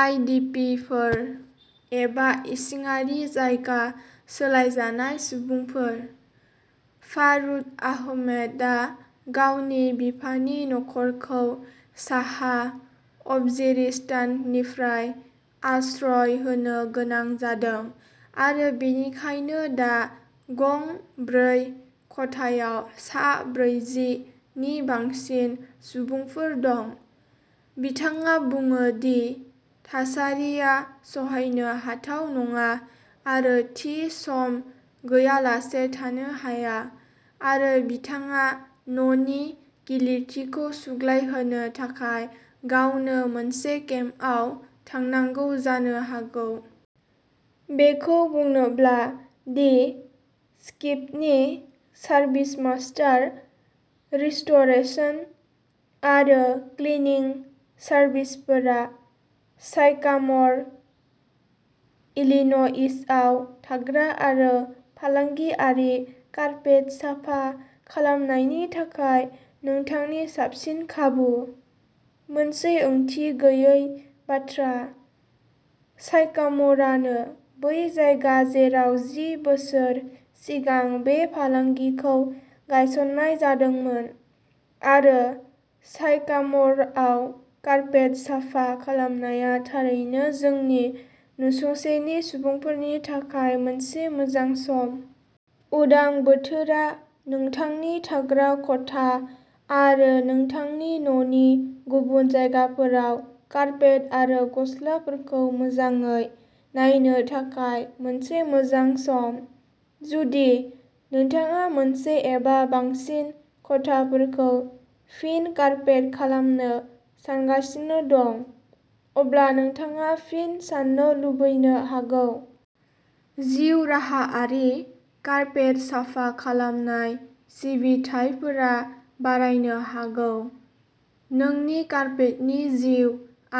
आइडिपिफोर एबा इसिङारि जायगा सोलायजानाय सुबुंफोर। फारुद आहमेदआ गावनि बिफानि नखरखौ साहा अवजिरिस्ताननिफ्राय आश्रय होनो गोनां जादों आरो बेनिखायनो दा गं ब्रै खथायाव सा ब्रैजि नि बांसिन सुबुंफोर दं। बिथाङा बुङो दि थासारिया सहायनो हाथाव नङा आरो थि सम गैयालासे थानो हाया आरो बिथाङा न'नि गिलिरथिखौ सुग्लायहोनो थाखाय गावनो मोनसे केम्पआव थांनांगौ जानो हागौ। बेखौ बुंनोब्ला दि स्किपनि सार्भिसमास्टार रिस्ट'रेसन आरो क्लिनिं सार्भिसफोरा साइकाम'र, इलिन'इसआव थाग्रा आरो फालांगियारि कार्पेट साफा खालामनायनि थाखाय नोंथांनि साबसिन खाबु, मोनसे ओंथि गैयै बाथ्रा। साइकाम'रानो बै जायगा जेराव जि बोसोर सिगां बे फालांगिखौ गायसननाय जादोंमोन, आरो साइकाम'रआव कार्पेट साफा खालामनाया थारैनो जोंनि नसुंसेनि सुबुंफोरनि थाखाय मोनसे मोजां सम। उदां बोथोरा नोंथांनि थाग्रा खथा आरो नोंथांनि न'नि गुबुन जायगाफोराव कार्पेट आरो गस्लाफोरखौ मोजाङै नायनो थाखाय मोनसे मोजां सम। जुदि नोंथाङा मोनसे एबा बांसिन खथाफोरखौ फिन कार्पेट खालामनो सानगासिनो दं, अब्ला नोंथाङा फिन साननो लुबैनो हागौ। जिउराहायारि कार्पेट साफा खालामनाय सिबिथाइफोरा बारायनो हागौ। नोंनि कार्पेटनि जिउ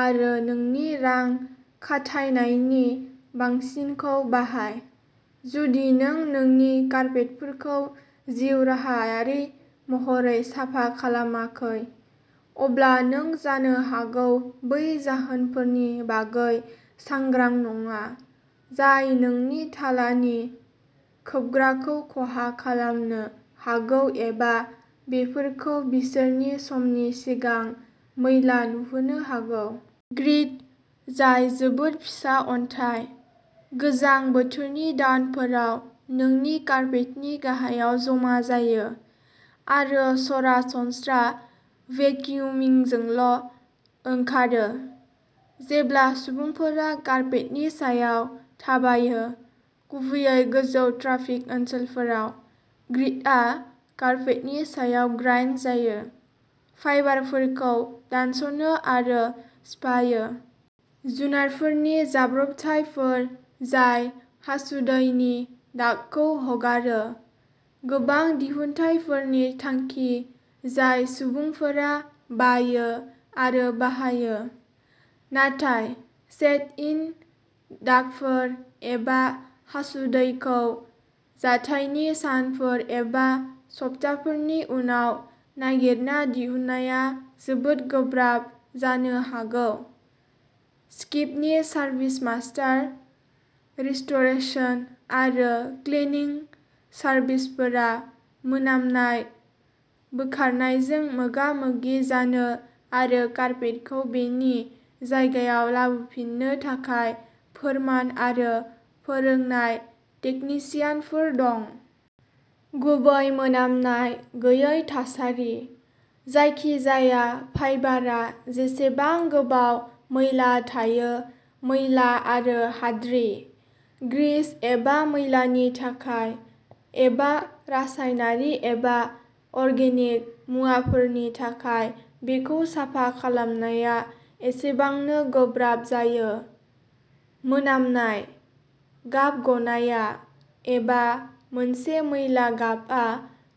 आरो नोंनि रां खाथायनायनि बांसिनखौ बाहाय। जुदि नों नोंनि कार्पेटफोरखौ जिउराहायारि महरै साफा खालामाखै, अब्ला नों जानो हागौ बै जाहोनफोरनि बागै सांग्रां नङा जाय नोंनि थालानि खोबग्राखौ खहा खालामनो हागौ एबा बेफोरखौ बिसोरनि समनि सिगां मैला नुहोनो हागौ। ग्रिट, जाय जोबोद फिसा अन्थाइ, गोजां बोथोरनि दानफोराव नोंनि कार्पेटनि गाहायाव जमा जायो, आरो सरासनस्रा भेकियुमिंजोंल'ओंखारो। जेब्ला सुबुंफोरा कार्पेटनि सायाव थाबायो, गुबैयै गोजौ ट्राफिक ओनसोलफोराव, ग्रिटआ कार्पेटनि सायाव ग्राइन्ड जायो, फाइबारफोरखौ दानस'नो आरो सिफायो। जुनारफोरनि जाब्रबथायफोर जाय हासुदैनि दागखौ हगारो, गोबां दिहुनथायफोरनि थांखि जाय सुबुंफोरा बायो आरो बाहायो। नाथाय, सेट-इन दागफोर एबा हासुदैखौ जाथायनि सानफोर एबा सप्ताफोरनि उनाव नागिरना दिहुननाया जोबोद गोब्राब जानो हागौ। स्किपनि सार्भिसमास्टार रिस्ट'रेसन आरो क्लिनिं सार्भिसफोरा मोनामनाय बोखारनायजों मोगा-मोगि जानो आरो कार्पेटखौ बेनि जायगायाव लाबोफिननो थाखाय फोरमान आरो फोरोंनाय तेकनिसियानफोर दं। गुबै मोनामनाय गैयै थासारि। जायखिजाया फाइबारआ जेसेबां गोबाव मैला थायो मैला आरो हाद्रि, ग्रिस एबा मैलानि थाखाय, एबा रासायनारि एबा अर्गेनिक मुवाफोरनि थाखाय बेखौ साफा खालामनाया एसेबांनो गोब्राब जायो। मोनामनाय, गाब गनाया, एबा मोनसे मैला गाबआ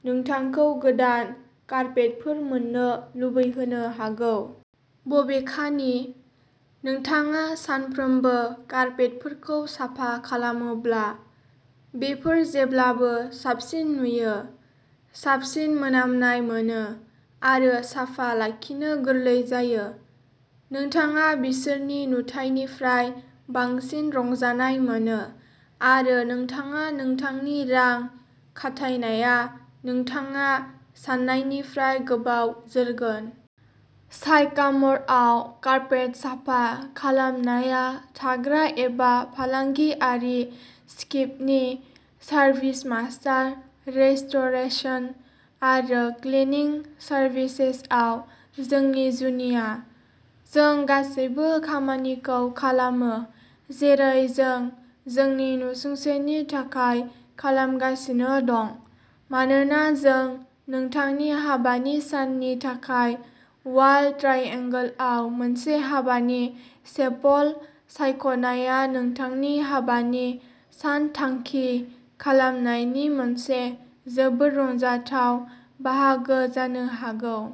नोंथांखौ गोदान कार्पेटफोर मोननो लुबैहोनो हागौ। बबेखानि, नोंथाङा सानफ्रोमबो कार्पेटफोरखौ साफा खालामोब्ला, बेफोर जेब्लाबो साबसिन नुयो, साबसिन मोनामनाय मोनो आरो साफा लाखिनो गोरलै जायो। नोंथाङा बिसोरनि नुथाइनिफ्राय बांसिन रंजानाय मोनो, आरो नोंथाङा नोंथांनि रां खाथायनाया नोंथाङा साननायनिफ्राय गोबाव जोरगोन। साइकाम'रआव कार्पेट साफा खालामनाया थाग्रा एबा फालांगियारि स्किपनि सार्भिसमास्टार रिस्ट'रेसन आरो क्लिनिं सार्भिसेसआव जोंनि जुनिया। जों गासैबो खामानिखौ खालामो जेरै जों जोंनि नसुंसेनि थाखाय खालामगासिनो दं मानोना जों नोंथांनि हाबानि साननि थाखाय अवाल ट्राइएंगोलआव मोनसे हाबानि चेपल सायख'नाया नोंथांनि हाबानि सानथांखि खालामनायनि मोनसे जोबोद रंजाथाव बाहागो जानो हागौ।